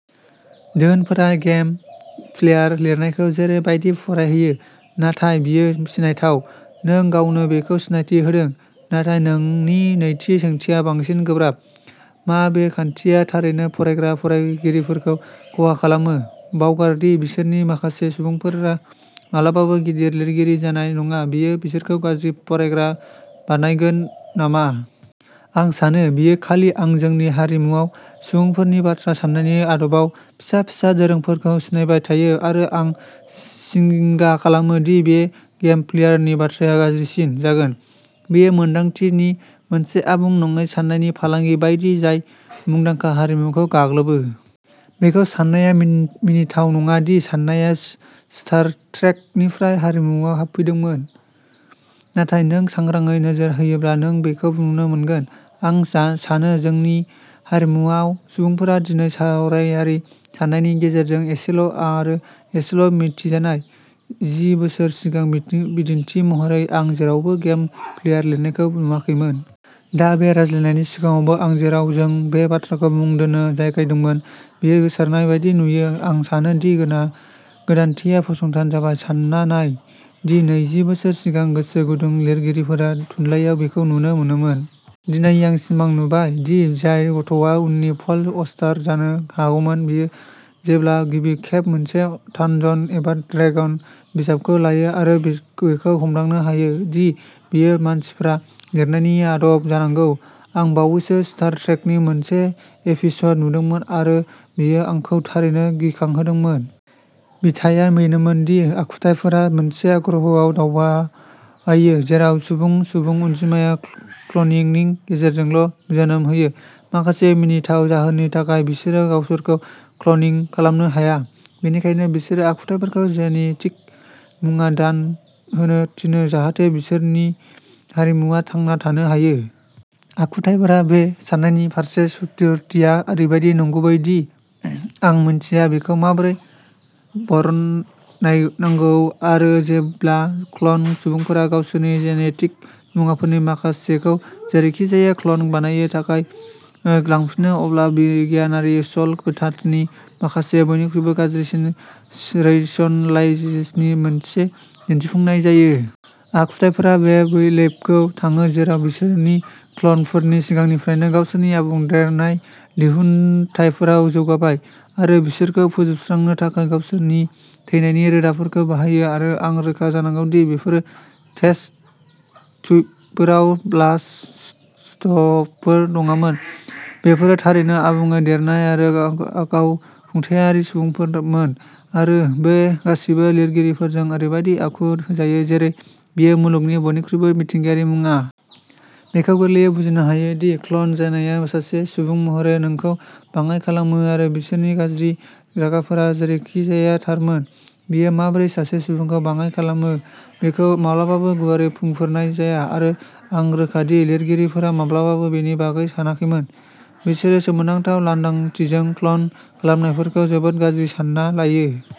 दोहोनफोरा game player लिरनायखौ जेरै बायदि फरायहोयो। नाथाय बेयो सिनायथाव। नों गावनो बेखौ सिनायथि होदों। नाथाय नोंनि नैथि सोंथिया बांसिन गोब्राब। मा बे खान्थिया थारैनो फरायग्रा फरायगिरिफोरखौ खहा खालामो। बावगार दि बिसोरनि माखासे सुबुंफोरा माब्लाबाबो गिदिर लिरगिरि जानाय नङा, बेयो बिसोरखौ गाज्रि फरायग्रा बानायगोन नामा? आं सानो। बेयो खालि आं जोंनि हारिमुआव सुबुंफोरनि बाथ्रा साननायनि आदबआव फिसा-फिसा दोरोंफोरखौ सिनायबाय थायो आरो आं जिंगा खालामो दि बे गेम प्लेयारनि बाथ्राया गाज्रिसिन जागोन। बेयो मोनदांथि नि मोनसे आबुं नङै साननायनि फालांगि बायदि, जाय मुंदांखा हारिमुखौ गाग्लोबो। बेखौ सान्नाया मिनि मिनिथाव नङा दि साननाया सि स्टार ट्रेकनिफ्राय हारिमुआव हाबफैदोंमोन, नाथाय नों सांग्राङै नोजोर होयोब्ला, नों बेखौ नुनो मोनगोन। आं सानो जोंनि हारिमुआव सुबुंफोरा दिनै सावरायारि साननायनि गेजेरजों एसेल' आरो एसेल' मिथिजानाय। जि बोसोर सिगां, बिदिं बिदिन्थि महरै, आं जेरावबो गेम प्लेयार लिरनायखौ नुवाखैमोन। दा, बे रायज्लायनायनि सिगाङावबो आं। जेराव जों बे बाथ्राखौ मुं दोन्नो जागायदोंमोन, बेयो गोसारनाय बायदि नुयो। आं सानो दि गोनां गोदानथिया फसंथान जाबाय। सान्ना नाय दि नैजि बोसोर सिगां, गोसो गुदुं लिरगिरिफोरा थुनलाइयाव बेखौ नुनो मोनामोन। दिनै, आं सिमां नुबाय दि जाय गथ'आ उननि पल अस्टार जानो हागौमोन, बियो जेब्ला गिबि खेब मोनसे थानजन एबा ड्रेगन बिजाबखौ लायो आरो बेखौ हमदांनो हायो दि बेयो मानसिफ्रा लिरनायनि आदब जानांगौ। आं बावैसो स्टार ट्रेकनि मोनसे एपिसड नुदोंमोन आरो बेयो आंखौ थारैनो गिखांहोदोंमोन। बिथाया बेनोमोन दि आखुथाइफोरा मोनसे ग्रहआव दावबायो जेराव सुबुं, सुबुं अनजिमाया क्लनिंनि गेजेरजोंल' जोनोम होयो। माखासे मिनिथाव जाहोननि थाखाय बिसोरो गावसोरखौ क्लनिं खालामनो हाया, बेनिखायनो बिसोरो आखुथाइफोरखौ जेनेटिक मुवा दान होनो थिनो जाहाथे बिसोरनि हारिमुआ थांना थानो हायो। आखुथाइफोरा बे साननायनि फारसे सुथुरथिया ओरैबादि नंगुबै दि आं मिन्थिया। बेखौ माबोरै बरनायनांगौ। आरो जेब्ला क्ल'न सुबुंफोरा गावसोरनि जेनेटिक मुवाफोरनि माखासेखौ जेरैखिजाया क्ल'न बानायनो थाखाय लांफिनो, अब्ला बिगियानारि सल' बाथानि माखासे बयनिख्रुइबो गाज्रि रैशनलाइजेसननि मोनसे दिन्थिफुंनाय जायो। आखुथाइफोरा बै लेबआव थाङो जेराव बिसोरनि क्ल'नफोरा सिगांनिफ्रायनो गावसोरनि आबुं देरनाय दिहुनथाइफोराव जौगाबाय, आरो बिसोरखौ फोजोबस्रांनो थाखाय गावसोरनि थैनायनि रोदाफोरखौ बाहायो आरो आं रोखा जानांगौ दि बेफोरो टेस्ट ट्युबफोराव ब्लास्ट'सिस्टफोर नङामोन। बेफोरो थारैनो आबुङै देरनाय आरो गावखुंथायारि सुबुंफोरमोन आरो बे गासैबो लिरगिरिफोरजों ओरैबायदि आखु होजायो जेरै बेयो मुलुगनि बयनिख्रुइबो मिथिंगायारि मुवा। बेखौ गोरलैयै बुजिनो हायो दि क्ल'न जानाया सासे सुबुं महरै नोंखौ बाङाइ खालामो आरो बिसोरनि गाज्रि रागाफोरा जेरैखिजाया थारमोन। बेयो माबोरै सासे सुबुंखौ बाङाइ खालामो बेखौ माब्लाबाबो गुवारै बुंफोरनाय जाया आरो आं रोखा दि लिरगिरिफोरा माब्लाबाबो बेनि बागै सानाखैमोन। बिसोरो सोमोनांथाव लांदांथिजों, क्ल'न खालामनायफोरखौ जोबोद गाज्रि सान्ना लायो।